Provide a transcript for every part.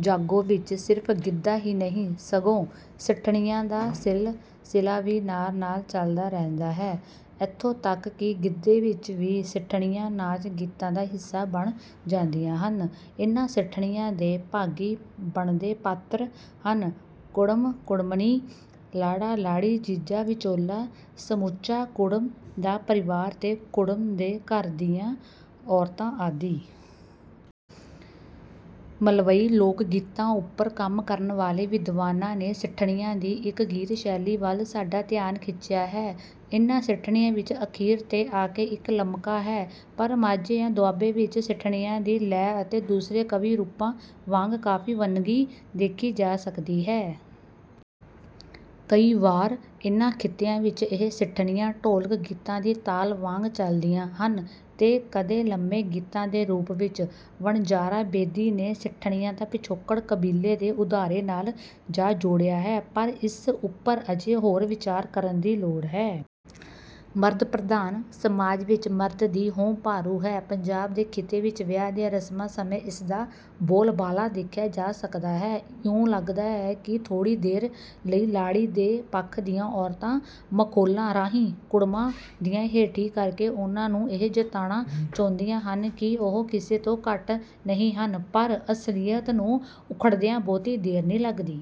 ਜਾਗੋ ਵਿਚ ਸਿਰਫ਼ ਗਿੱਧਾ ਹੀ ਨਹੀਂ ਸਗੋ ਸਿੱਠਣੀਆਂ ਦਾ ਸਿਲਸਲਾ ਵੀ ਨਾਲ ਨਾਲ ਚਲਦਾ ਰਹਿੰਦਾ ਹੈ। ਇਥੋ ਤੱਕ ਕਿ ਗਿੱਧੇ ਵਿਚ ਵੀ ਸਿੱਠਣੀਆਂ ਨਾਚ ਗੀਤਾਂ ਦਾ ਹਿੱਸਾ ਬਣ ਜਾਂਦੀਆਂ ਹਨ। ਇੰਨ੍ਹਾਂ ਸਿੱਠਣੀਆਂ ਦੇ ਭਾਗੀ ਬਣਦੇ ਪਾਤਰ ਹਨ-ਕੁੜਮ-ਕੁੜਮਣੀ, ਲਾੜਾ-ਲਾੜੀ, ਜੀਜਾ, ਵਿਚੋਲਾ, ਸਮੁੱਚਾ ਕੁੜਮ ਦਾ ਪਰਿਵਾਰ ਤੇ ਕੁੜਮ ਦੇ ਘਰ ਦੀਆਂ ਔਰਤਾਂ ਆਦਿ। ਮਲਵਈ ਲੋਕਗੀਤਾਂ ਉੱਪਰ ਕੰਮ ਕਰਨ ਵਾਲੇ ਵਿਦਵਾਨਾਂ ਨੇ ਸਿੱਠਣੀਆਂ ਦੀ ਇਕ ਗੀਤ ਸ਼ੈਲੀ ਵੱਲ ਸਾਡਾ ਧਿਆਨ ਖਿੱਚਿਆ ਹੈ। ਇੰਨਾਂ ਸਿੱਠਣੀਆਂ ਵਿਚ ਅਖੀਰ ਤੇ ਆਕੇ ਇਕ ਲਮਕਾ ਹੈ ਪਰ ਮਾਝੇ ਜਾਂ ਦੁਆਬੇ ਵਿਚ ਸਿੱਠਣੀਆਂ ਦੀ ਲੈਅ ਵਿਚ ਦੂਸਰੇ ਕਾਵਿ ਰੂਪਾਂ ਵਾਂਗ ਕਾਫ਼ੀ ਵੰਨਗੀ ਦੇਖੀ ਜਾ ਸਕਦੀ ਹੈ। ਕਈ ਵਾਰ ਇਨ੍ਹਾਂ ਖਿੱਤਿਆਂ ਵਿਚ ਇਹ ਸਿੱਠਣੀਆਂ ਢੋਲਕ ਗੀਤਾਂ ਦੀ ਤਾਲ ਵਾਂਗ ਚਲਦੀਆਂ ਹਨ ਤੇ ਕਦੇ ਲੰਮੇ ਗੀਤਾਂ ਦੇ ਰੂਪ ਵਿਚ। ਵਣਜਾਰਾ ਬੇਦੀ ਨੇ ਸਿੱਠਣੀਆਂ ਦਾ ਪਿਛੋਕੜ ਕਬੀਲੇ ਦੇ ਉਧਾਲੇ ਨਾਲ ਜਾ ਜੋੜਿਆ ਹੈ ਪਰ ਇਸ ਉੱਪਰ ਅਜੇ ਹੋਰ ਵਿਚਾਰ ਕਰਨ ਦੀ ਲੋੜ ਹੈ। ਮਰਦ ਪ੍ਰਧਾਨ ਸਮਾਜ ਵਿਚ ਮਰਦ ਦੀ ਹਉਂ ਭਾਰੂ ਹੈ। ਪੰਜਾਬ ਦੇ ਖਿੱਤੇ ਵਿਚ ਵਿਆਹ ਦੀਆਂ ਰਸਮਾਂ ਸਮੇਂ ਇਸ ਦਾ ਬੋਲਬਾਲਾ ਦੇਖਿਆ ਜਾ ਸਕਦਾ ਹੈ। ਇਉਂ ਲਗਦਾ ਹੈ ਕਿ ਥੋੜ੍ਹੀ ਦੇਰ ਲਈ ਲਾੜੀ ਦੇ ਪੱਖ ਦੀਆਂ ਔਰਤਾਂ ਮਖੌਲਾਂ ਰਾਹੀ ਕੁੜਮਾਂ ਦੀ ਹੇਠੀ ਕਰਕੇ ਉਨ੍ਹਾਂ ਨੂੰ ਇਹ ਜਤਾਉਣਾ ਚਾਹੁੰਦੀਆਂ ਹਨ ਕਿ ਉਹ ਵੀ ਕਿਸੇ ਤੋਂ ਘੱਟ ਨਹੀਂ ਹਨ ਪਰ ਅਸਲੀਅਤ ਨੂੰ ਉਘੜਦਿਆਂ ਬਹੁਤੀ ਦੇਰ ਨਹੀਂ ਲੱਗਦੀ।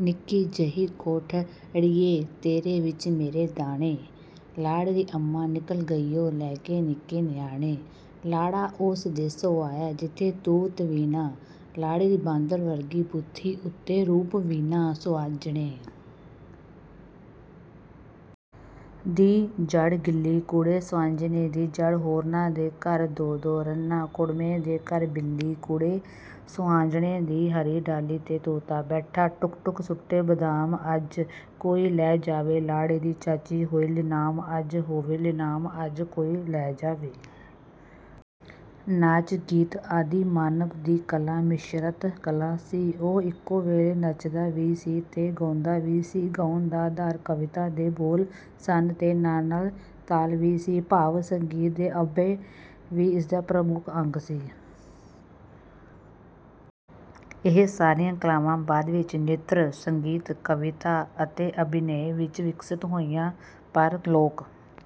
ਨਿੱਕੀ ਜਿਹੀ ਕੋਠੜੀਏ ਤੇਰੇ ਵਿਚ ਮੇਰੇ ਦਾਣੇ… ਲਾੜ ਦੀ ਅੰਮਾਂ ਨਿਕਲ਼ ਗਈਉ ਲੈ ਕੇ ਨਿੱਕੇ ਨਿਆਣੇ। -ਲਾੜਾ ਓਸ ਦੇਸੋਂ ਆਇਆ ਜਿੱਥੇ ਤੂਤ ਵੀ ਨਾ, ਲਾੜੇ ਦੀ ਬਾਂਦਰ ਵਰਗੀ ਬੂਥੀ ਉਤੇ ਰੂਪ ਵੀ ਨਾ। -ਸੁਆਂਝਣੇ ਦੀ ਜੜ੍ਹ ਗਿੱਲੀ ਕੁੜੇ, ਸਆਂਝਣੇ ਦੀ ਜੜ੍ਹ… ਹੋਰਨਾਂ ਦੇ ਘਰ ਦੋ ਦੋ ਰੰਨਾਂ, ਕੁੜਮੇ ਦੇ ਘਰ ਬਿੱਲੀ ਕੁੜੇ, ਸੁਆਂਝਣੇ ਦੀ-ਹਰੀ ਡਾਲ੍ਹੀ ਤੇ ਤੋਤਾ ਬੈਠਾ, ਟੁੱਕ ਟੁੱਕ ਸੁੱਟੇ ਬਾਦਾਮਅੱਜ ਕੋਈ ਲੈ ਜਾਵੇ ਲਾੜੇ ਦੀ ਚਾਚੀ ਹੋਵੇ ਨਿਲਾਮ ਅੱਜ ਹੋਵੇ ਨਿਲਾਮ ਅੱਜ ਕੋਈ ਲੈ ਜਾਵੇ। ਨਾਚ ਗੀਤ ਆਦਿ ਮਾਨਵ ਦੀ ਕਲਾ ਮਿਸ਼ਰਤ ਕਲਾ ਸੀ। ਉਹ ਇਕੋ ਵੇਲੇ ਨੱਚਦਾ ਵੀ ਸੀ ਤੇ ਗਾਉਂਦਾ ਵੀ ਸੀ। ਗਾਉਣ ਦਾ ਆਧਾਰ ਕਵਿਤਾ ਦੇ ਬੋਲ ਸਨ ਤੇ ਨਾਲ ਨਾਲ ਤਾਲ ਵੀ ਸੀ; ਭਾਵ ਸੰਗੀਤ ਤੇ ਅਭਿਨੈ ਵੀ ਇਸਦਾ ਪ੍ਰਮੁੱਖ ਅੰਗ ਸੀ। ਇਹ ਸਾਰੀਆਂ ਕਲਾਵਾਂ ਬਾਦ ਵਿਚ ਨ੍ਰਿਤ, ਸੰਗੀਤ, ਕਵਿਤਾ ਅਤੇ ਅਭਿਨੈ ਵਿਚ ਵਿਕਸਤ ਹੋਈਆਂ ਪਰ ਲੋਕ